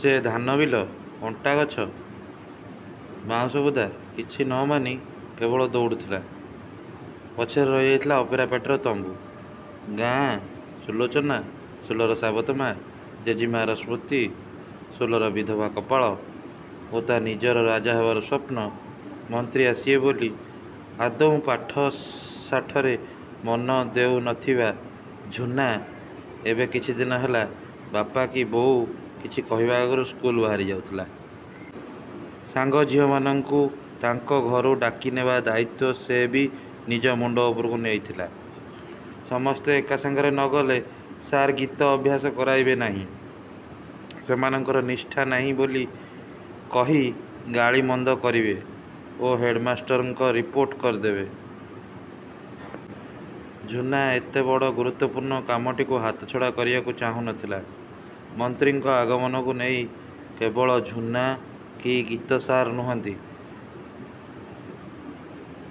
ସେ ଧାନବିଲ, କଣ୍ଟାଗଛ,। ବାଉଁଶ ବୁଦା କିଛି ନ ମାନି କେବଳ ଦଉଡ଼ୁଥିଲା। ପଛରେ ରହିଯାଉଥିଲା ଅପେରା ପାର୍ଟିର ତମ୍ବୁ, ଗାଁ, ସୁଲୋଚନା, ସୁଲର ସାବତ ମା, ଜେଜିମାର ସ୍ମୃତି, ସୁଲର ବିଧବା କପାଳ ଓ ତା ନିଜର ରାଜା ହେବାର ସ୍ୱପ୍ନ। ମନ୍ତ୍ରୀ ଆସିବେ ବୋଲି ଆଦୌ ପାଠଶାଠରେ ମନ ଦେଉ ନ ଥିବା ଝୁନା ଏବେ କିଛିଦିନ ହେଲା ବାପା କି ବୋଉ କିଛି କହିବା ଆଗରୁ ସ୍କୁଲ୍କୁ ବାହାରି ଯାଉଥିଲା। ସାଙ୍ଗ ଝିଅମାନଙ୍କୁ ତାଙ୍କ ଘରୁ ଡାକିନେବା ଦାୟିତ୍ୱ ବି ସେ ନିଜ ମୁଣ୍ଡ ଉପରକୁ ନେଇଥିଲା। ସମସ୍ତେ ଏକା ସାଙ୍ଗରେ ନ ଗଲେ ସାର୍ ଗୀତ ଅଭ୍ୟାସ କରାଇବେ ନାହିଁ। ସେମାନଙ୍କର ନିଷ୍ଠା ନାହିଁ ବୋଲି କହି ଗାଳିମନ୍ଦ କରିବେ ଓ ହେଡ୍ ମାଷ୍ଟରଙ୍କୁ ରିପୋର୍ଟ କରିଦେବେ। ଝୁନା ଏତେ ବଡ଼ ଗୁରୁତ୍ୱପୂର୍ଣ୍ଣ କାମଟିକୁ ହାତଛଡ଼ା କରିବାକୁ ଚାହୁଁ ନ ଥିଲା। ମନ୍ତ୍ରୀଙ୍କ ଆଗମନକୁ ନେଇ କେବଳ ଝୁନା କି ଗୀତସାର୍ ନୁହନ୍ତି,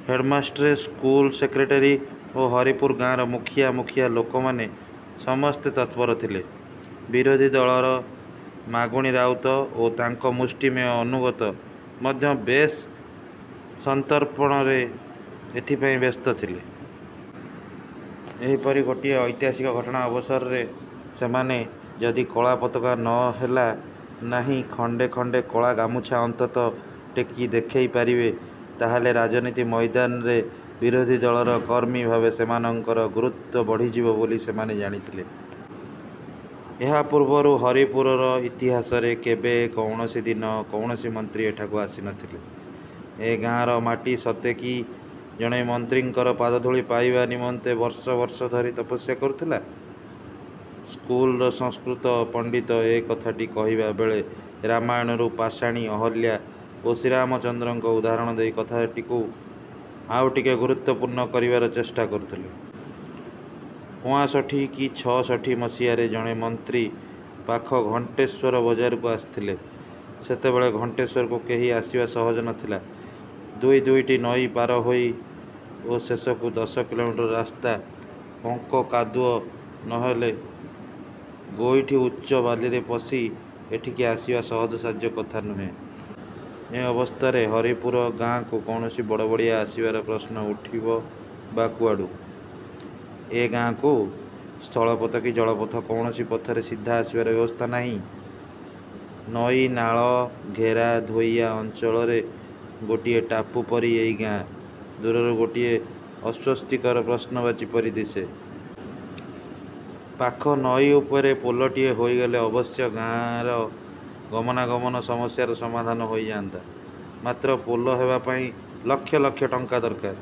ହେଡ୍ମାଷ୍ଟ୍ରେ, ସ୍କୁଲ ସେକ୍ରେଟାରୀ ଓ ହରିପୁର ଗାଁର ମୁଖିଆ ମୁଖିଆ ଲୋକମାନେ ସମସ୍ତେ ତତ୍ପର ଥିଲେ। ବିରୋଧୀ ଦଳର ମାଗୁଣି ରାଉତ ଓ ତାଙ୍କ ମୁଷ୍ଟିମେୟ ଅନୁଗତ ମଧ୍ୟ ବେଶ୍ ସନ୍ତର୍ପଣରେ ଏଥିପାଇଁ ବ୍ୟସ୍ତ ଥିଲେ। ଏହିପରି ଗୋଟିଏ ଐତିହାସିକ ଘଟଣା ଅବସରରେ ସେମାନେ ଯଦି କଳା ପତାକା ନ ହେଲା ନାହିଁ ଖଣ୍ଡେ ଖଣ୍ଡେ କଳା ଗାମୁଛା ଅନ୍ତତଃ ଟେକି ଦେଖେଇ ପାରିବେ ତାହେଲେ ରାଜନୀତି ମଇଦାନରେ ବିରୋଧୀ ଦଳର କର୍ମୀ ଭାବେ ସେମାନଙ୍କର ଗୁରୁତ୍ୱ ବଢ଼ିଯିବ ବୋଲି ସେମାନେ ଜାଣିଥିଲେ। ଏହା ପୂର୍ବରୁ ହରିପୁରର ଇତିହାସରେ କେବେ କୌଣସି ଦିନ କୌଣସି ମନ୍ତ୍ରୀ ଏଠାକୁ ଆସି ନ ଥିଲେ। ଏ ଗାଁର ମାଟି ସତେ କି ଜଣେ ମନ୍ତ୍ରୀଙ୍କର ପାଦଧୂଳି ପାଇବା ନିମନ୍ତେ ବର୍ଷ ବର୍ଷ ଧରି ତପସ୍ୟା କରୁଥିଲା। ସ୍କୁଲର ସଂସ୍କୃତ ପଣ୍ଡିତ ଏ କଥାଟି କହିବା ବେଳେ ରାମାୟଣରୁ ପାଷାଣୀ ଅହଲ୍ୟା ଓ ଶ୍ରୀରାମଚନ୍ଦ୍ରଙ୍କ ଉଦାହରଣ ଦେଇ କଥାଟିକୁ ଆଉ ଟିକେ ଗୁରୁତ୍ୱପୂର୍ଣ୍ଣ କରିବାର ଚେଷ୍ଟା କରୁଥିଲେ। ପଆଁଷଠି କି ଛଅଷଠି ମସିହାରେ ଜଣେ ମନ୍ତ୍ରୀ ପାଖ ଘଣ୍ଟେଶ୍ୱର ବଜାରକୁ ଆସିଥିଲେ। ସେତେବେଳେ ଘଣ୍ଟେଶ୍ୱରକୁ କେହି ଆସିବା ସହଜ ନଥିଲା। ଦୁଇ ଦୁଇଟି ନଈ ପାର ହୋଇ ଓ ଶେଷକୁ ଦଶ କିଲୋମିଟର ରାସ୍ତା ପଙ୍କ କାଦୁଅ ନ ହେଲେ ଗୋଇଠି ଉଚ୍ଚ ବାଲିରେ ପଶି ଏଠିକି ଆସିବା ସହଜସାଧ୍ୟ କଥା ନୁହେଁ। ଏ ଅବସ୍ଥାରେ ହରିପୁର ଗାଁକୁ କୌଣସି ବଡ଼ବଡ଼ିଆ ଆସିବାର ପ୍ରଶ୍ନ ଉଠିବ ବା କୁଆଡୁ! ଏ ଗାଁକୁ ସ୍ଥଳପଥ କି ଜଳପଥ କୌଣସି ପଥରେ ସିଧା ଆସିବାର ବ୍ୟବସ୍ଥା ନାହିଁ। ନଈ ନାଳ ଘେରା ଧୋଇଆ ଅଞ୍ଚଳରେ ଗୋଟାଏ ଟାପୁ ପରି ଏଇ ଗାଁ, ଦୂରରୁ ଗୋଟାଏ ଅସ୍ୱସ୍ତିକର ପ୍ରଶ୍ନବାଚୀ ପରି ଦିଶେ। ପାଖ ନଈ ଉପରେ ପୋଲଟିଏ ହୋଇଗଲେ ଅବଶ୍ୟ ଗାଁର ଗମନାଗମନ ସମସ୍ୟାର ସମାଧାନ ହୋଇଯାଆନ୍ତା। ମାତ୍ର ପୋଲ ହେବା ପାଇଁ ଲକ୍ଷ ଲକ୍ଷ ଟଙ୍କା ଦରକାର